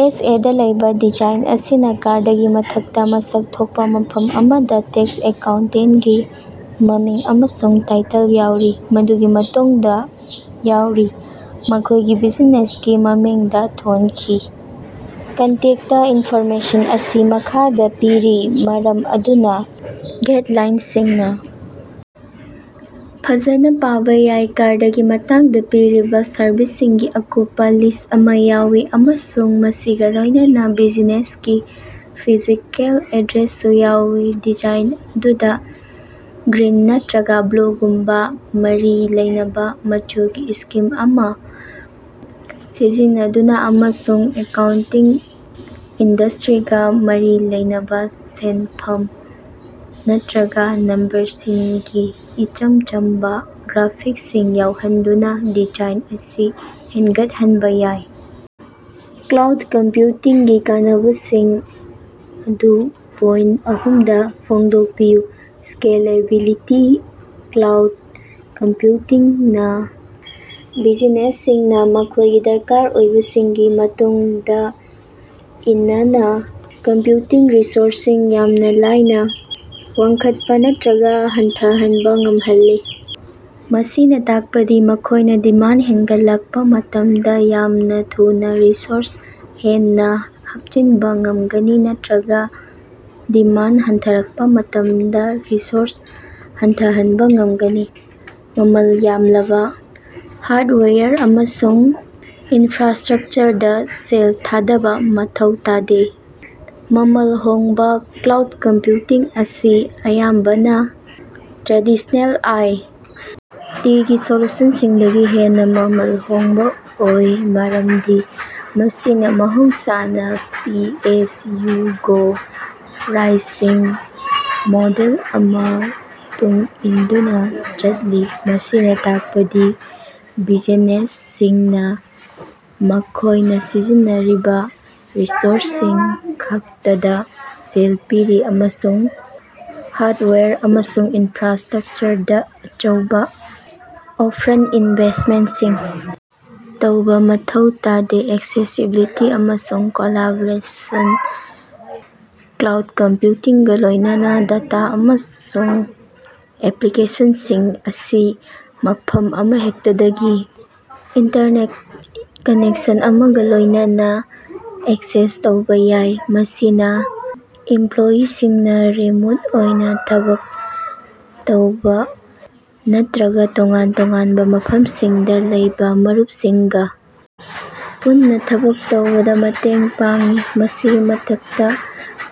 ꯑꯦꯁ. A. ꯗꯥ ꯂꯩꯕ design ꯑꯁꯤꯅ ꯀꯥꯔꯗꯀꯤ ꯃꯊꯛꯇ ꯃꯁꯛ ꯊꯣꯛꯄꯥ ꯃꯐꯝ ꯑꯃꯗ ꯇꯦꯛꯁ ꯑꯦꯀꯥꯎꯟꯇꯦꯟꯇꯀꯤ ꯃꯃꯤꯡ ꯑꯃꯁꯨꯡ ꯇꯥꯏꯇꯜ ꯌꯥꯎꯔꯤ, ꯃꯗꯨꯒꯤ ꯃꯇꯨꯡꯗ ꯌꯥꯎꯔꯤ꯫ ꯃꯈꯣꯏꯒꯤ ꯕꯤꯖꯤꯅꯦꯁꯀꯤ ꯃꯃꯤꯡꯗꯥ ꯊꯣꯟꯈꯤ꯫ ꯀꯟꯇꯦꯛꯇ ꯏꯟꯐꯣꯔꯃꯦꯁꯟ ꯑꯁꯤ ꯃꯈꯥꯗ ꯄꯤꯔꯤ ꯃꯔꯝ ꯑꯗꯨꯅ ꯒꯦꯏꯇꯂꯥꯏꯟꯇꯁꯤꯡꯅ ꯐꯖꯅ ꯄꯥꯕ ꯌꯥꯏ꯫ ꯀꯥꯔꯗꯀꯤ ꯃꯇꯨꯡꯗꯥ ꯄꯤꯔꯤꯕ ꯁꯔꯚꯤꯁꯁꯤꯡꯒꯤ ꯑꯀꯨꯞꯄꯥ ꯂꯤꯁ ꯑꯃ ꯌꯥꯎꯏ, ꯑꯃꯁꯨꯡ ꯃꯁꯤꯒꯥ ꯂꯣꯏꯅꯅꯥ ꯕꯤꯖꯤꯅꯦꯁꯀꯤ ꯐꯤꯖꯤꯀꯦꯜ ꯑꯦꯗ꯭ꯔꯦꯁꯁꯨ ꯌꯥꯎꯏ꯫ ꯗꯤꯖꯥꯏꯟ ꯑꯗꯨꯗ ꯒ꯭ꯔꯤꯟ ꯅꯠꯇꯔꯒ ꯕ꯭ꯂꯨꯒꯨꯝꯕꯥ ꯃꯔꯤ ꯂꯩꯅꯕꯥ ꯃꯆꯨꯒꯤ ꯁ꯭ꯀꯤꯝ ꯑꯃꯥ ꯁꯤꯖꯤꯟꯅꯗꯨꯅꯥ, ꯑꯃꯁꯨꯡ ꯑꯦꯀꯥꯎꯟꯇꯤꯡ ꯏꯟꯗꯁ꯭ꯇꯔꯤꯒꯥ ꯃꯔꯤ ꯂꯩꯅꯕ ꯁꯦꯟꯐꯝ ꯅꯠꯇꯔꯒ ꯅꯝꯕꯔꯁꯤꯡꯒꯤ ꯏꯆꯝ ꯆꯝꯕꯥ ꯒ꯭ꯔꯥꯐꯤꯛꯁꯁꯤꯡ ꯌꯥꯎꯍꯟꯗꯨꯅꯥ ꯗꯤꯖꯥꯏꯟ ꯑꯁꯤ ꯍꯦꯒꯠꯍꯟꯕꯥ ꯌꯥꯏ꯫। ꯀ꯭ꯂꯥꯎꯗ ꯀꯝꯄꯌꯨꯇꯤꯡꯒꯤ ꯀꯥꯟꯅꯕꯁꯤꯡ ꯑꯗꯨ ꯄꯣꯏꯟꯇ ꯑꯍꯨꯝꯗꯥ ꯐꯣꯡꯗꯣꯛꯄꯤꯌꯨ꯫ ꯁ꯭ꯀꯦꯂꯦꯕꯤꯂꯤꯇꯤ: ꯀ꯭ꯂꯥꯎꯗ ꯀꯝꯄꯌꯨꯇꯤꯡꯅ ꯕꯤꯖꯤꯅꯦꯁꯁꯤꯡꯅ ꯃꯈꯣꯏꯒꯤ ꯗꯔꯀꯥꯔ ꯑꯣꯏꯕꯁꯤꯡꯒꯤ ꯃꯇꯨꯡ ꯏꯟꯅꯥ ꯀꯝꯄꯌꯨꯇꯤꯡ ꯔꯤꯁꯣꯔꯁꯁꯤꯡ ꯌꯥꯝꯅ ꯂꯥꯏꯅ ꯋꯥꯡꯈꯠꯄꯥ ꯅꯠꯇꯔꯒ ꯍꯟꯊꯍꯟꯕꯥ ꯉꯝꯍꯜꯂꯤ꯫ ꯃꯁꯤꯅ ꯇꯥꯛꯄꯗꯤ ꯃꯈꯣꯏꯅꯥ ꯗꯤꯃꯥꯟꯗ ꯍꯦꯒꯠꯂꯛꯄꯥ ꯃꯇꯝꯗ ꯌꯥꯝꯅ ꯊꯨꯅꯥ ꯔꯤꯁꯣꯔꯁ ꯍꯦꯟꯅꯥ ꯍꯥꯞꯆꯤꯟꯕ ꯉꯝꯒꯅꯤ, ꯅꯠꯇꯔꯒ ꯗꯤꯃꯥꯟꯗ ꯍꯟꯊꯔꯛꯄꯥ ꯃꯇꯝꯗ ꯔꯤꯁꯣꯔꯁ ꯍꯟꯊꯍꯟꯕꯥ ꯉꯝꯒꯅꯤ, ꯃꯃꯜ ꯌꯥꯝꯂꯕ ꯍꯥꯔꯗꯋꯦꯌꯔ ꯑꯃꯁꯨꯡ ꯏꯟꯐ꯭ꯔꯥꯁ꯭ꯇꯔꯛꯆꯔꯗꯥ ꯁꯦꯜ ꯊꯥꯗꯕ ꯃꯊꯧ ꯇꯥꯗꯦ꯫ ꯃꯃꯜ ꯍꯣꯡꯕꯥ: ꯀ꯭ꯂꯥꯎꯗ ꯀꯝꯄꯌꯨꯇꯤꯡ ꯑꯁꯤ ꯑꯌꯥꯝꯕꯅ ꯇ꯭ꯔꯦꯗꯤꯁ꯭ꯅꯦꯜ ꯑꯥꯏ. ꯇꯤ. ꯒꯤ ꯁꯣꯂꯨꯁꯟꯁꯤꯡꯗꯒꯤ ꯍꯦꯟꯅꯥ ꯃꯃꯜ ꯍꯣꯡꯕꯥ ꯑꯣꯏ, ꯃꯔꯝꯗꯤ ꯃꯁꯤꯅꯥ ꯃꯍꯧꯁꯥꯅ ꯄꯦ-ꯑꯦꯖ-ꯌꯨ-ꯒꯣ ꯄ꯭ꯔꯥꯏꯁꯤꯡ ꯃꯣꯗꯦꯜ ꯑꯃ ꯇꯨꯡ ꯏꯟꯗꯨꯅꯥ ꯆꯠꯂꯤ꯫ ꯃꯁꯤꯅ ꯇꯥꯛꯄꯗꯤ ꯕꯤꯖꯤꯅꯦꯁꯁꯤꯡꯅꯥ ꯃꯈꯣꯏꯅꯥ ꯁꯤꯖꯤꯟꯅꯔꯤꯕ ꯔꯤꯁꯣꯔꯁꯁꯤꯡ ꯈꯛꯇꯗꯥ ꯁꯦꯜ ꯄꯤꯔꯤ, ꯑꯃꯁꯨꯡ ꯍꯥꯔꯗꯋꯦꯌꯔ ꯑꯃꯁꯨꯡ ꯏꯟꯐ꯭ꯔꯥꯁ꯭ꯇꯔꯛꯆꯔꯗꯥ ꯑꯆꯧꯕ ꯑꯣꯐꯟ ꯏꯟꯚꯦꯁꯃꯦꯟꯇꯁꯤꯡ ꯇꯧꯕ ꯃꯊꯧ ꯇꯥꯗꯦ꯫ ꯑꯦꯛꯁꯦꯁꯤꯕꯤꯂꯤꯇꯤ ꯑꯃꯁꯨꯡ ꯀꯣꯂꯥꯕꯣꯔꯦꯁꯟ: ꯀ꯭ꯂꯥꯎꯗ ꯀꯝꯄꯌꯨꯇꯤꯡꯒꯥ ꯂꯣꯏꯅꯅꯥ, ꯗꯇꯥ ꯑꯃꯁꯨꯡ ꯑꯦꯄꯂꯤꯀꯦꯁꯟꯁꯤꯡ ꯑꯁꯤ ꯃꯐꯝ ꯑꯃꯍꯦꯛꯇꯗꯒꯤ ꯏꯟꯇꯔꯅꯦꯠ ꯀꯅꯦꯛꯁꯟ ꯑꯃꯒ ꯂꯣꯏꯅꯅꯥ ꯑꯦꯛꯆꯦꯁ ꯇꯧꯕ ꯌꯥꯏ꯫ ꯃꯁꯤꯅꯥ ꯏꯝꯄꯂꯣꯌꯤꯁꯤꯡꯅꯥ ꯔꯤꯃꯣꯠ ꯑꯣꯏꯅ ꯊꯕꯛ ꯇꯧꯕ ꯅꯠꯇꯔꯒ ꯇꯣꯉꯥꯟ-ꯇꯣꯉꯥꯟꯕ ꯃꯐꯝꯁꯤꯡꯗ ꯂꯩꯕ ꯃꯔꯨꯞꯁꯤꯡꯒ ꯄꯨꯟꯅꯥ ꯊꯕꯛ ꯇꯧꯃꯤꯟꯅꯕꯗꯥ ꯂꯥꯏꯍꯜꯂꯤ꯫ ꯃꯁꯤꯒꯤ ꯃꯊꯛꯇ,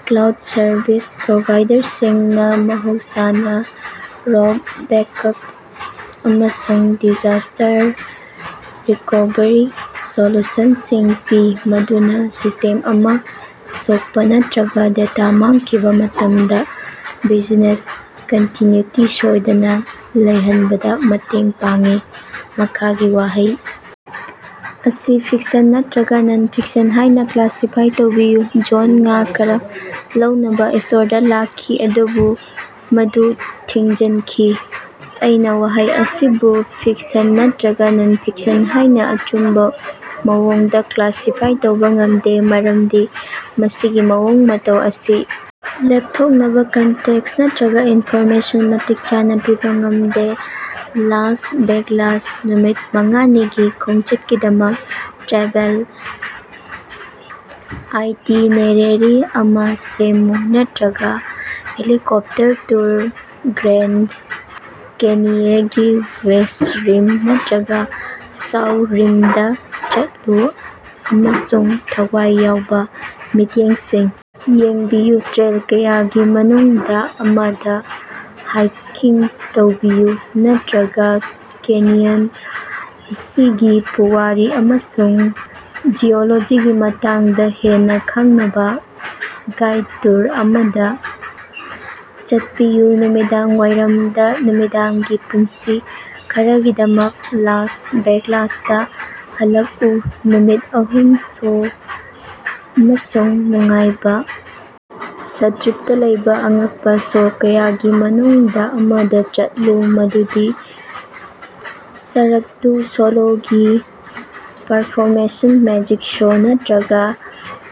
ꯀ꯭ꯂꯥꯎꯗ ꯁꯔꯚꯤꯁ ꯄ꯭ꯔꯣꯚꯥꯏꯗꯔꯁꯤꯡꯅ ꯃꯍꯧꯁꯥꯅ ꯔꯣꯕꯁ ꯕꯦꯛꯑꯞ ꯑꯃꯁꯨꯡ ꯗꯤꯖꯥꯁ꯭ꯇꯔ ꯔꯤꯀꯣꯚꯔꯤ ꯁꯣꯂꯨꯁꯟꯁꯤꯡ ꯄꯤ, ꯃꯗꯨꯅꯥ ꯁꯤꯁ꯭ꯇꯦꯝ ꯑꯃ ꯁꯣꯛꯄ ꯅꯠꯇꯔꯒ ꯗꯇꯥ ꯃꯥꯡꯈꯤꯕꯥ ꯃꯇꯝꯗꯥ ꯕꯤꯖꯤꯅꯦꯁ ꯀꯟꯇꯤꯅꯌꯨꯇꯤ ꯁꯣꯏꯗꯅ ꯂꯩꯍꯟꯕꯗ ꯃꯇꯦꯡ ꯄꯥꯡꯏ꯫ ꯃꯈꯥꯒꯤ ꯋꯥꯍꯩ ꯑꯁꯤ ꯐꯤꯛꯁꯟ ꯅꯠꯇꯔꯒ ꯅꯟ-ꯐꯤꯛꯁꯟ ꯍꯥꯏꯅ ꯀ꯭ꯂꯥꯁꯤꯐꯥꯏ ꯇꯧꯕꯤꯌꯨ: ꯖꯣꯟꯗ ꯉꯥ ꯈꯔꯥ ꯂꯧꯅꯕ ꯁ꯭ꯇꯣꯔꯗꯥ ꯂꯥꯛꯈꯤ, ꯑꯗꯨꯕꯨ ꯃꯗꯨ ꯊꯤꯡꯖꯤꯟꯈꯤ꯫ ꯑꯩꯅ ꯋꯥꯍꯩ ꯑꯁꯤꯕꯨ ꯐꯤꯛꯁꯟ ꯅꯠꯇꯔꯒ ꯅꯟ-ꯐꯤꯛꯁꯟ ꯍꯥꯏꯅ ꯑꯆꯨꯝꯕ ꯃꯑꯣꯡꯗ ꯀ꯭ꯂꯥꯁꯤꯐꯥꯏ ꯇꯧꯕ ꯉꯝꯗꯦ ꯃꯔꯝꯗꯤ ꯃꯁꯤꯒꯤ ꯃꯑꯣꯡ ꯃꯇꯧ ꯑꯁꯤ ꯂꯦꯞꯊꯣꯛꯅꯕ ꯀꯟꯇꯦꯛꯁ ꯅꯠꯇꯔꯒ ꯏꯟꯐꯣꯔꯃꯦꯁꯟ ꯃꯇꯤꯛ ꯆꯥꯅ ꯄꯤꯕ ꯉꯝꯗꯦ꯫ ꯂꯥꯁ ꯚꯦꯒꯥꯁ ꯅꯨꯃꯤꯠ ꯃꯉꯥ ꯅꯤꯒꯤ ꯈꯣꯡꯆꯠꯀꯤꯗꯃꯛ ꯇ꯭ꯔꯥꯚꯦꯜ ꯑꯥꯏꯇꯤꯅꯦꯔꯦꯔꯤ ꯑꯃ ꯁꯦꯝꯃꯨ꯫ ꯅꯠꯇꯔꯒ ꯍꯦꯂꯤꯀꯣꯞꯇꯔ ꯇꯨꯔ ꯒ꯭ꯔꯦꯟꯗ ꯀꯦꯅꯤꯌꯒꯤ ꯋꯦꯁ꯭ꯠ ꯔꯤꯝ ꯅꯠꯇꯔꯒ ꯁꯥꯎ ꯔꯤꯝꯗꯥ ꯆꯠꯂꯨ ꯑꯃꯁꯨꯡ ꯊꯋꯥꯏ ꯌꯥꯎꯕ ꯃꯤꯠꯌꯦꯡꯁꯤꯡ ꯌꯦꯡꯕꯤꯌꯨ ꯇ꯭ꯔꯦꯜ ꯀꯌꯥꯒꯤ ꯃꯅꯨꯡꯗꯥ ꯑꯃꯗꯥ ꯍꯥꯏꯀꯤꯡ ꯇꯧꯕꯤꯌꯨ, ꯅꯠꯇꯔꯒ ꯀꯦꯅꯤꯌꯟ ꯑꯁꯤꯒꯤ ꯄꯨꯋꯥꯔꯤ ꯑꯃꯁꯨꯡ ꯖꯤꯑꯣꯂꯣꯖꯤꯒꯤ ꯃꯇꯥꯡꯗ ꯍꯦꯟꯅꯥ ꯈꯪꯅꯕꯥ ꯒꯥꯏꯗ ꯇꯨꯔ ꯑꯃꯗꯥ ꯆꯠꯄꯤꯌꯨ ꯅꯨꯃꯤꯗꯥꯡ ꯋꯥꯏꯔꯝꯗ ꯅꯨꯃꯤꯗꯥꯡꯒꯤ ꯄꯨꯟꯁꯤ ꯈꯔꯒꯤꯗꯃꯛ ꯂꯥꯁ ꯚꯦꯒꯥꯁꯇ ꯍꯜꯂꯛꯎ ꯅꯨꯃꯤꯠ ꯑꯍꯨꯝ ꯁꯣ ꯑꯃꯁꯨꯡ ꯅꯨꯡꯉꯥꯏꯕ ꯁ꯭ꯇꯔꯤꯞꯇꯥ ꯂꯩꯕ ꯑꯉꯛꯄꯥ ꯁꯣ ꯀꯌꯥꯒꯤ ꯃꯅꯨꯡꯗꯥ ꯑꯃꯗ ꯆꯠꯂꯨ, ꯃꯗꯨꯗꯤ ꯁꯔꯛ ꯗꯨ ꯁꯣꯂꯣꯒꯤ ꯄꯔꯐꯣꯃꯦꯟꯁ, ꯃꯦꯖꯤꯛ ꯁꯣ, ꯅꯠꯇꯔꯒ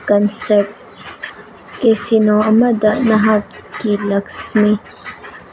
ꯀꯟꯁꯔꯠ ꯀꯦꯁꯤꯅꯣ ꯑꯃꯗ ꯅꯍꯥꯛꯀꯤ ꯂꯛꯁ꯭ꯃꯤ꯫